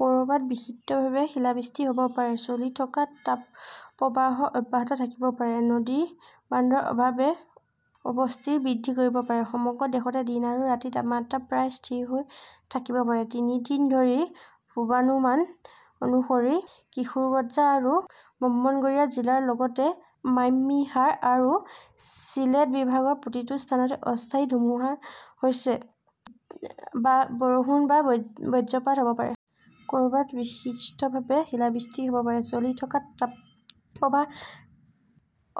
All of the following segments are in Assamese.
ক'ৰবাত বিক্ষিপ্তভাৱে শিলাবৃষ্টি হ'ব পাৰে। চলি থকা তাপপ্ৰবাহ অব্যাহত থাকিব পাৰে। পানীৰ বাষ্পৰ অভাৱে অস্বস্তি বৃদ্ধি কৰিব পাৰে। সমগ্ৰ দেশতে দিন আৰু ৰাতিৰ তাপমাত্ৰা প্ৰায় স্থিৰ হৈ থাকিব পাৰে। তৃতীয় দিনৰ পূৰ্বানুমান অনুসৰি, কিশোৰগঞ্জ আৰু ব্ৰহ্মনগৰিয়া জিলাৰ লগতে মাইমশ্বিংহাম আৰু চিলেট বিভাগৰ প্ৰতিটো স্থানত অস্থায়ী ধুমুহাৰ সৈতে বৰষুণ বা বজ্ৰপাত হ'ব পাৰে। কʼৰবাত বিক্ষিপ্তভাৱে শিলাবৃষ্টি হʼব পাৰে। চলি থকা তাপপ্ৰবাহ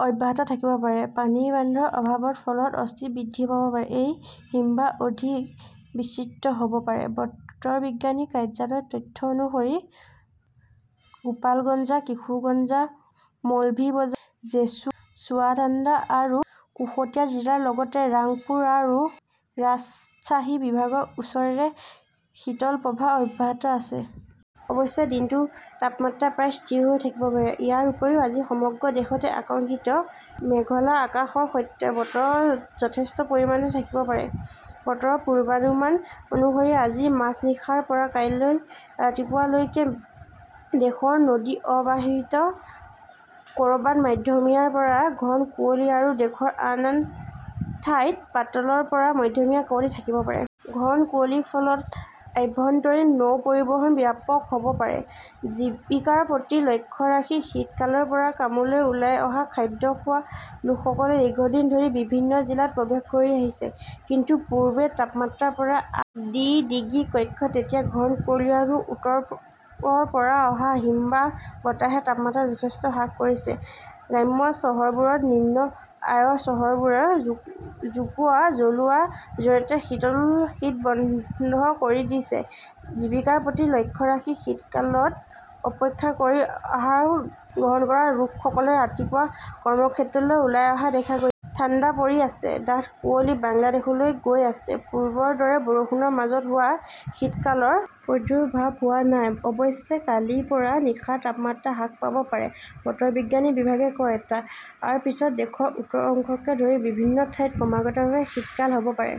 অব্যাহত থাকিব পাৰে। পানীৰ বাষ্পৰ অভাৱৰ ফলত অস্বস্তি বৃদ্ধি পাব। এই হিমবাহ অধিক বিস্তৃত হʼব পাৰে। বতৰ বিজ্ঞান কাৰ্যালয়ৰ তথ্য অনুসৰি, গোপালগঞ্জ, কিশোৰগঞ্জ, মৌলভি বজাৰ, জেছুৰ, চুৱাদাঙ্গা আৰু কুশটিয়া জিলাৰ লগতে ৰাংপুৰ আৰু ৰাজশ্বাহী বিভাগৰ ওপৰেৰে শীতল প্ৰৱাহ অব্যাহত আছে। অৱশ্যে দিনটোৰ তাপমাত্ৰা প্ৰায় স্থিৰ হৈ থাকিব পাৰে। ইয়াৰ উপৰিও আজি সমগ্ৰ দেশতে আংশিক মেঘলা আকাশৰ সৈতে বতৰ যথেষ্ট পৰিমাণে থাকিব পাৰে। বতৰৰ পূৰ্বানুমান অনুসৰি আজি মাজনিশাৰ পৰা কাইলৈ ৰাতিপুৱা লৈকে দেশৰ নদী অৱবাহিকাৰ কʼৰবাত মধ্যমীয়াৰ পৰা ঘন কুঁৱলী আৰু দেশৰ আন ঠাইত পাতলৰ পৰা মধ্যমীয়া কুঁৱলী থাকিব পাৰে। ঘন কুঁৱলীৰ ফলত আভ্যন্তৰীণ নৌ পৰিবহণ ব্যাহত হʼব পাৰে। জীৱিকাৰ প্ৰতি লক্ষ্য ৰাখি শীতকালৰ পৰা কামলৈ ওলাই অহা খাদ্য খোৱা লোকসকল দীৰ্ঘদিন ধৰি বিভিন্ন জিলাত প্ৰৱেশ কৰি আহিছে। কিছুদিন পূৰ্বে তাপমাত্ৰাৰ পাৰা আই. ডি. ডিগ্ৰী কক্ষত আছিল। এতিয়া ঘন কুঁৱলী আৰু উত্তৰৰ পৰা অহা হিমবাহৰ বতাহে তাপমাত্ৰা যথেষ্ট হ্ৰাস কৰিছে। গ্ৰাম্য চহৰবোৰত নিম্ন আয়ৰ চহৰবোৰে জোপোহা জ্বলোৱাৰ জৰিয়তে শীত বন্ধ কৰি দিছে। জীৱিকাৰ প্ৰতি লক্ষ্য ৰাখি শীতকাল উপেক্ষা কৰি আহাৰ গ্ৰহণ কৰা লোকসকলক ৰাতিপুৱা কৰ্মক্ষেত্ৰলৈ ওলাই অহা দেখা গৈ ঠাণ্ডা পৰি আছে, ডাঠ কুঁৱলী বাংলাদেশলৈ গৈ আছে। পূৰ্বৰ দৰে বৰষুণৰ মাজত হোৱা শীতকালৰ প্ৰাদুৰ্ভাৱ হোৱা নাই। অৱশ্যে, কাইলৈৰ পৰা নিশাৰ তাপমাত্ৰা হ্ৰাস পাব পাৰে, বতৰ বিজ্ঞান বিভাগে কয়। তাৰ পিছত দেশৰ উত্তৰ অংশকে ধৰি বিভিন্ন ঠাইত ক্ৰমান্বয়ে শীতকাল হʼব পাৰে।